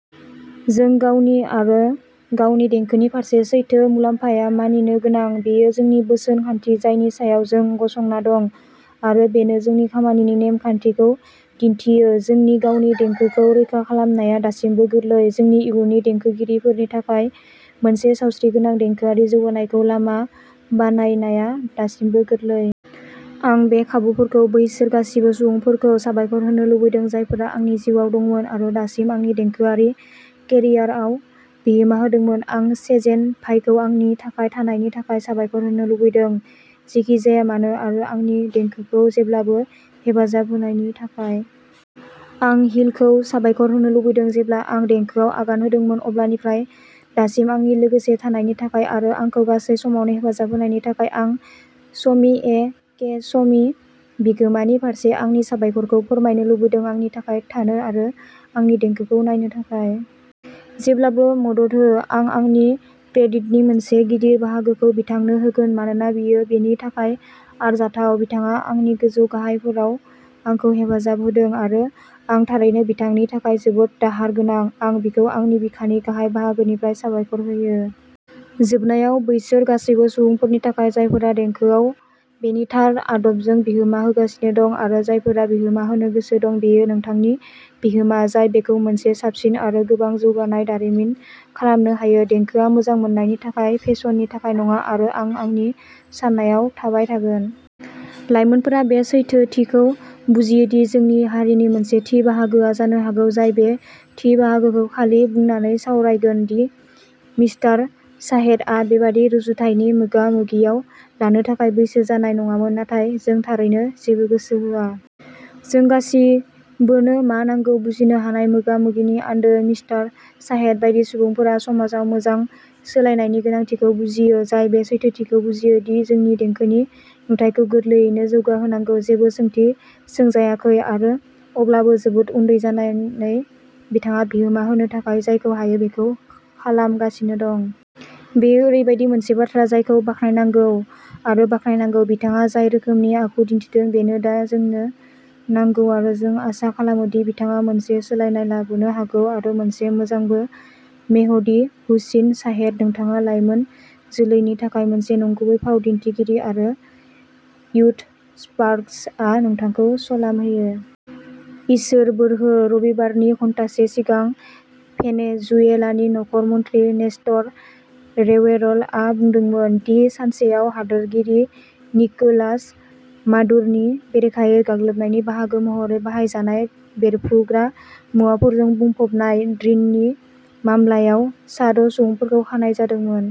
जों गावनि आरो गावनि देंखोनि फारसे सैथो, मुलाम्फाया मानिनो गोनां। बेयो जोंनि बोसोन खान्थि जायनि सायाव जों गसंना दं, आरो बेनो जोंनि खामानिनि नेम-खान्थिखौ दिन्थियो। जोंनि गावनि देंखोखौ रैखा खालामनाया दासिमबो गोरलै। जोंनि इयुननि देंखोगिरिफोरनि थाखाय मोनसे सावस्रिगोनां देंखोआरि जौगानायखौ लामा बानायनाया दासिमबो गोरलै। आं बे खाबुखौ बैसोर गासिबो सुबुंफोरखौ साबायखर होनो लुबैदों, जायफोरा आंनि जिउआव दंमोन आरो दासिम आंनि देंखोआरि केरियारआव बिहोमा होदोंमोन। आं सेजेन भाइखौ आंनि थाखाय थानायनि थाखाय साबायखर होनो लुबैदों, जेखि जाया मानो आरो आंनि देंखोखौ जेब्लाबो हेफाजाब होनायनि थाखाय। आं "हील" खौ साबायखर होनो लुबैदों, जेब्ला आं देंखोआव आगान होदोंमोन अब्लानिफ्राय दासिम आंनि लोगोसे थानायनि थाखाय आरो आंखौ गासै समावनो हेफाजाब होनायनि थाखाय। आं समी ए. के. समी, बिगोमा नि फारसे आंनि साबायखरखौ फोरमायनो लुबैदों, आंनि थाखाय थानो आरो आंनि देंखोखौ नायनो थाखाय। जेब्लाबो मदद हो। आं आंनि क्रेडिटनि मोनसे गिदिर बाहागोखौ बिथांनो होगोन मानोना बियो बेनि थाखाय आरजाथाव। बिथाङा आंनि गोजौ-गाहायफोराव आंखौ हेफाजाब होदों आरो आं थारैनो बिथांनि थाखाय जोबोद दाहार गोनां। आं बिखौ आंनि बिखानि गाहाय बाहागोनिफ्राय साबायखर होयो। जोबनायाव, बैसोर गासैबो सुबुंफोरनि थाखाय जायफोरा देंखोआव बेनि थार आदबजों बिहोमा होगासिनो दं आरो जायफोरा बिहोमा होनो गोसो दं, बेयो नोंथांनि बिहोमा जाय बेखौ मोनसे साबसिन आरो गोबां जौगानाय दारिमिन खालामनो हायो। देंखोआ मोजां मोननायनि थाखाय, फेसननि थाखाय नङा आरो आं आंनि साननायाव थाबाय थागोन। लाइमोनफोरा बे सैथोथिखौ बुजियो दि जोंनि हारिनि मोनसे थि बाहागोआ जानो हागौ जाय बे थि बाहागोखौ खालि बुंनानै सावरायगोन दि मिस्टार शाहेदआ बेबादि रुजुथायनि मोगा-मोगियाव लानो थाखाय बैसो जानाय नङामोन, नाथाय, जों थारैनो जेबो गोसो होआ। जों गासिबोनो मा नांगौ। बुजिनो हानाया मोगा मोगिनि आन्दो। मिस्टार शाहेद बायदि सुबुंफोरा समाजाव मोजां सोलायनायनि गोनांथिखौ बुजियो, जाय बे सैथोथिखौ बुजियो दि जोंनि देंखोनि नुथायखौ गोरलैयैनो जौगाहोनांगौ, जेबो सोंथि सोंजायाखै आरो अब्लाबो जोबोद उन्दै जानानै, बिथाङा बिहोमा होनो थाखाय जायखौ हायो बेखौ खालामगासिनो दं। बेयो ओरैबायदि मोनसे बाथ्रा जायखौ बाख्नायनांगौ आरो बाख्नायनांगौ। बिथाङा जाय रोखोमनि आखु दिन्थिदों, बेनो दा जोंनो नांगौ आरो जों आसा खालामो दि बिथाङा मोनसे सोलायनाय लाबोनो हागोन-आरो मोनसे मोजांबो। मेहदी हुसैन शाहेद, नोंथाङा लाइमोन जोलैनि थाखाय मोनसे नंगुबै फाव दिन्थिगिरि आरो युथस्पार्क्सआ नोंथांखौ सलाम होयो। इसोर बोर हो। रबिबारनि घन्टासे सिगां भेनेजुएलानि नखर मन्थ्रि नेस्टर रेवेरलआ बुंदोंमोन दि सानसेआव हादोरगिरि निकोलास मादुर'नि बेरेखायै गाग्लोबनायनि बाहागो महरै बाहायजानाय बेरफ्रुग्रा मुवाफोरजों बुंफबनाय ड्रोननि मामलायाव सा द'सुबुंफोरखौ खानाय जादोंमोन।